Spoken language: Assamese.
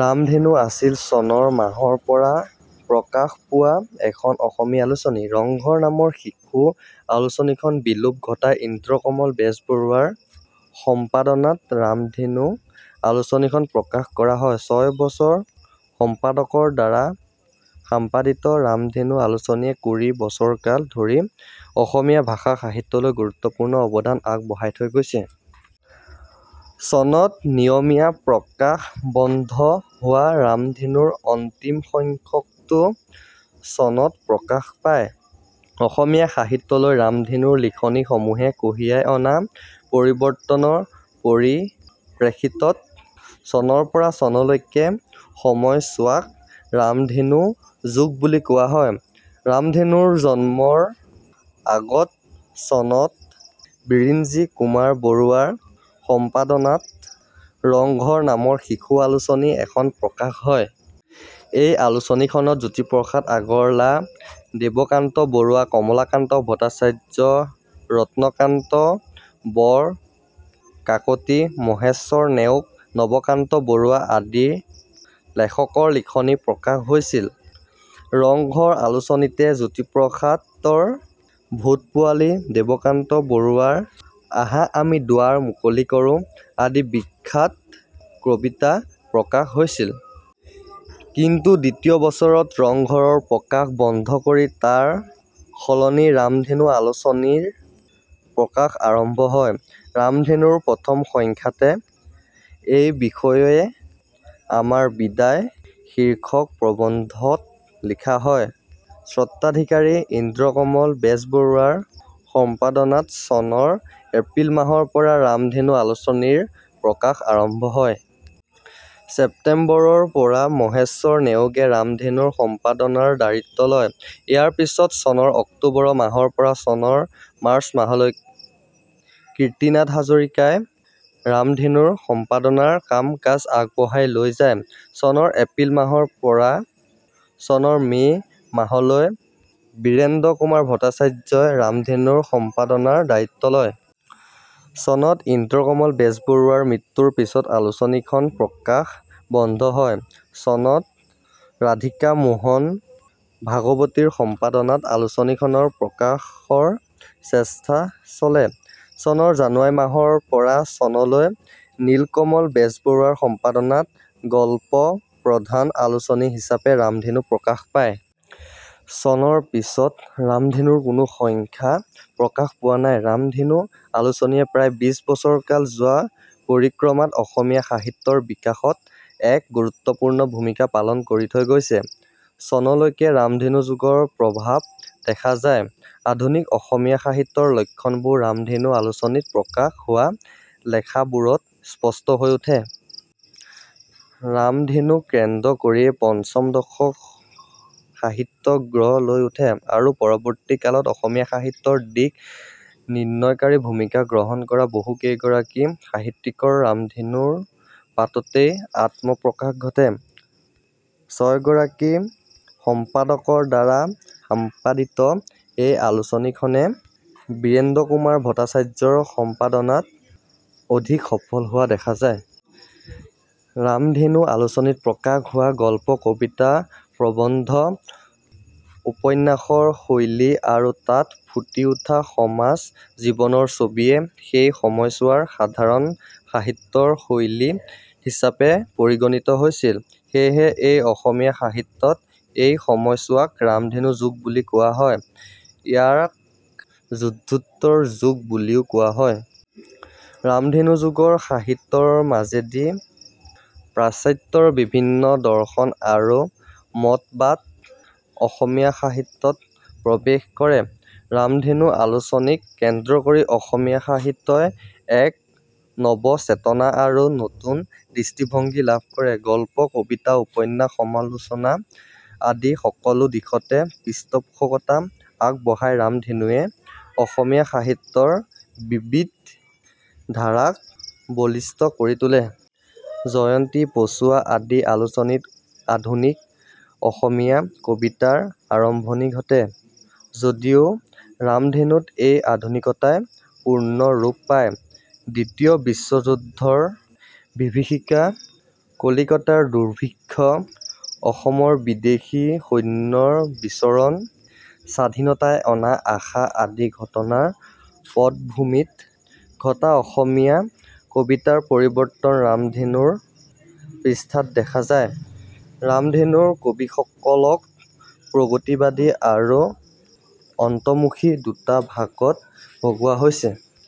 ৰামধেনু আছিল চনৰ মাৰ্চ মাহৰ পৰা প্ৰকাশ পোৱা এখন অসমীয়া আলোচনী। ৰংঘৰ নামৰ শিশু আলোচনীখনৰ বিলোপ ঘটাই ইন্দ্ৰকমল বেজবৰুৱাৰ সম্পাদনাত ৰামধেনু আলোচনীখন প্ৰকাশ কৰা হয়। ছয়গৰাকী সম্পাদকৰ দ্বাৰা সম্পাদিত ৰামধেনু আলোচনীয়ে কুৰি বছৰকাল ধৰি অসমীয়া ভাষা-সাহিত্যলৈ গুৰুত্বপূৰ্ণ অৱদান আগবঢ়াই থৈ গৈছে। চনত নিয়মীয়া প্ৰকাশ বন্ধ হোৱা ৰামধেনুৰ অন্তিম সংখ্যাটো চনত প্ৰকাশ পায়। অসমীয়া সাহিত্যলৈ ৰামধেনুৰ লিখনি সমূহে কঢ়িয়াই অনা পৰিৱৰ্তনৰ পৰিপ্ৰেক্ষিতত চনৰ পৰা চনলৈকে সময়ছোৱাক ৰামধেনু যুগ বুলি কোৱা হয়। ৰামধেনুৰ জন্মৰ আগত চনত বিৰিঞ্চি কুমাৰ বৰুৱা ৰ সম্পাদনাত ৰংঘৰ নামৰ শিশু আলোচনী এখন প্ৰকাশ হয়। এই আলোচনীখনত জ্যোতিপ্ৰসাদ আগৰৱালা, দেৱকান্ত বৰুৱা, কমলাকান্ত ভট্টাচাৰ্য, ৰত্নকান্ত বৰকাকতী, মহেশ্বৰ নেওগ, নৱকান্ত বৰুৱা আদি লেখকৰ লিখনি প্ৰকাশ হৈছিল। ৰংঘৰ আলোচনীতে জ্যোতিপ্ৰসাদৰ ভূত পোৱালি, দেৱকান্ত বৰুৱাৰ আহা আমি দুৱাৰ মুকলি কৰোঁ আদি বিখ্যাত কবিতা প্ৰকাশ হৈছিল। কিন্তু দ্বিতীয় বছৰত ৰংঘৰৰ প্ৰকাশ বন্ধ কৰি তাৰ সলনি ৰামধেনু আলোচনীৰ প্ৰকাশ আৰম্ভ হয়। ৰামধেনুৰ প্ৰথম সংখ্যাতে এই বিষয়ে আমাৰ বিদায় শীৰ্ষক প্ৰবন্ধত লিখা হয়– স্বত্বাধিকাৰী ইন্দ্ৰকমল বেজবৰুৱাৰ সম্পাদনাত চনৰ এপ্ৰিল মাহৰ পৰা ৰামধেনু আলোচনীৰ প্ৰকাশ আৰম্ভ হয়। ছেপ্তেম্বৰ, ৰ পৰা মহেশ্বৰ নেওগে ৰামধেনুৰ সম্পাদনাৰ দ্বায়িত্ব লয়। ইয়াৰ পিছত চনৰ অক্টোবৰ মাহৰ পৰা চনৰ মাৰ্চ মাহলৈ কীৰ্তিনাথ হাজৰিকা ই ৰামধেনুৰ সম্পাদনাৰ কাম-কাজ আগবঢ়াই লৈ যায়। চনৰ এপ্ৰিল মাহৰ পৰা চনৰ মে' মাহলৈ বীৰেন্দ্ৰ কুমাৰ ভট্টাচাৰ্য ই ৰামধেনুৰ সম্পাদনাৰ দায়িত্ব লয়। চনত ইন্দ্ৰকমল বেজবৰুৱাৰ মৃত্যুৰ পিছত আলোচনীখনৰ প্ৰকাশ বন্ধ হয়। চনত ৰাধিকামোহন ভাগৱতী ৰ সম্পাদনাত আলোচনীখনৰ প্ৰকাশৰ চেষ্টা চলে। চনৰ জানুৱাৰী মাহৰ পৰা চনলৈ নীলকমল বেজবৰুৱাৰ সম্পাদনাত গল্প প্ৰধান আলোচনী হিচাপে ৰামধেনু প্ৰকাশ পায়। চনৰ পিছত ৰামধেনুৰ কোনো সংখ্যা প্ৰকাশ পোৱা নাই। ৰামধেনু আলোচনীয়ে প্ৰায় বিশ বছৰকাল যোৰা পৰিক্ৰমাত অসমীয়া সাহিত্য ৰ বিকাশত এক গুৰুত্বপূৰ্ণ ভূমিকা পালন কৰি থৈ গৈছে। চনলৈকে ৰামধেনু যুগৰ প্ৰভাৱ দেখা যায়। আধুনিক অসমীয়া সাহিত্যৰ লক্ষণবোৰ ৰামধেনু আলোচনীত প্ৰকাশ হোৱা লেখাবোৰত স্পষ্ট হৈ উঠে। ৰামধেনুক কেন্দ্ৰ কৰিয়েই পঞ্চম দশকৰ সাহিত্য গঢ় লৈ উঠে আৰু পৰৱৰ্তীকালত অসমীয়া সাহিত্যৰ দিক-নিৰ্ণয়কাৰী ভূমিকা গ্ৰহণ কৰা বহুকেইগৰাকী সাহিত্যিকৰ ৰামধেনুৰ পাততেই আত্মপ্ৰকাশ ঘটে। ছয়গৰাকী সম্পাদকৰ দ্বাৰা সম্পাদিত এই আলোচনীখনে বীৰেন্দ্ৰ কুমাৰ ভট্টাচাৰ্য ৰ সম্পাদনাত অধিক সফল হোৱা দেখা যায়। ৰামধেনু আলোচনীত প্ৰকাশ হোৱা গল্প-কবিতা-প্ৰবন্ধ-উপন্যাসৰ শৈলী আৰু তাত ফুটি উঠা সমাজ-জীৱনৰ ছবিয়ে সেই সময়ছোৱাৰ সাধাৰণ সাহিত্যৰ শৈলী হিচাপে পৰিগণিত হৈছিল। সেয়েহে এই অসমীয়া সাহিত্যত এই সময়ছোৱাক ৰামধেনু যুগ বুলি কোৱা হয়। ইয়াক যুদ্ধোত্তৰ যুগ বুলিও কোৱা হয়। ৰামধেনু যুগৰ সাহিত্যৰ মাজেদি পাশ্চাত্যৰ বিভিন্ন দৰ্শন আৰু মতবাদ অসমীয়া সাহিত্যত প্ৰৱেশ কৰে। ৰামধেনু আলোচনীক কেন্দ্ৰ কৰি অসমীয়া সাহিত্যই এক নৱচেতনা আৰু নতুন দৃষ্টিভংগী লাভ কৰে। গল্প, কবিতা, উপন্যাস, সমালোচনা আদি সকলো দিশতে পৃষ্ঠপোষকতা আগবঢ়াই ৰামধেনুৱে অসমীয়া সাহিত্যৰ বিবিধ ধাৰাক বলিষ্ঠ কৰি তোলে। জয়ন্তী, পছোৱা আদি আলোচনীত আধুনিক অসমীয়া কবিতাৰ আৰম্ভণি ঘটে যদিও ৰামধেনুত এই আধুনিকতাই পূৰ্ণ ৰূপ পায়। দ্বিতীয় বিশ্বযুদ্ধ ৰ বিভীষিকা, কলিকতাৰ দুৰ্ভিক্ষ, অসমত বিদেশী সৈন্যৰ বিচৰণ, স্বাধীনতাই অনা আশা আদি ঘটনাৰ পটভূমিত ঘটা অসমীয়া কবিতাৰ পৰিৱৰ্তন ৰামধেনুৰ পৃষ্ঠাত দেখা যায়। ৰামধেনুৰ কবিসকলক প্ৰগতিবাদী আৰু অন্তৰ্মুখী দুটা ভাগত ভগোৱা হৈছে।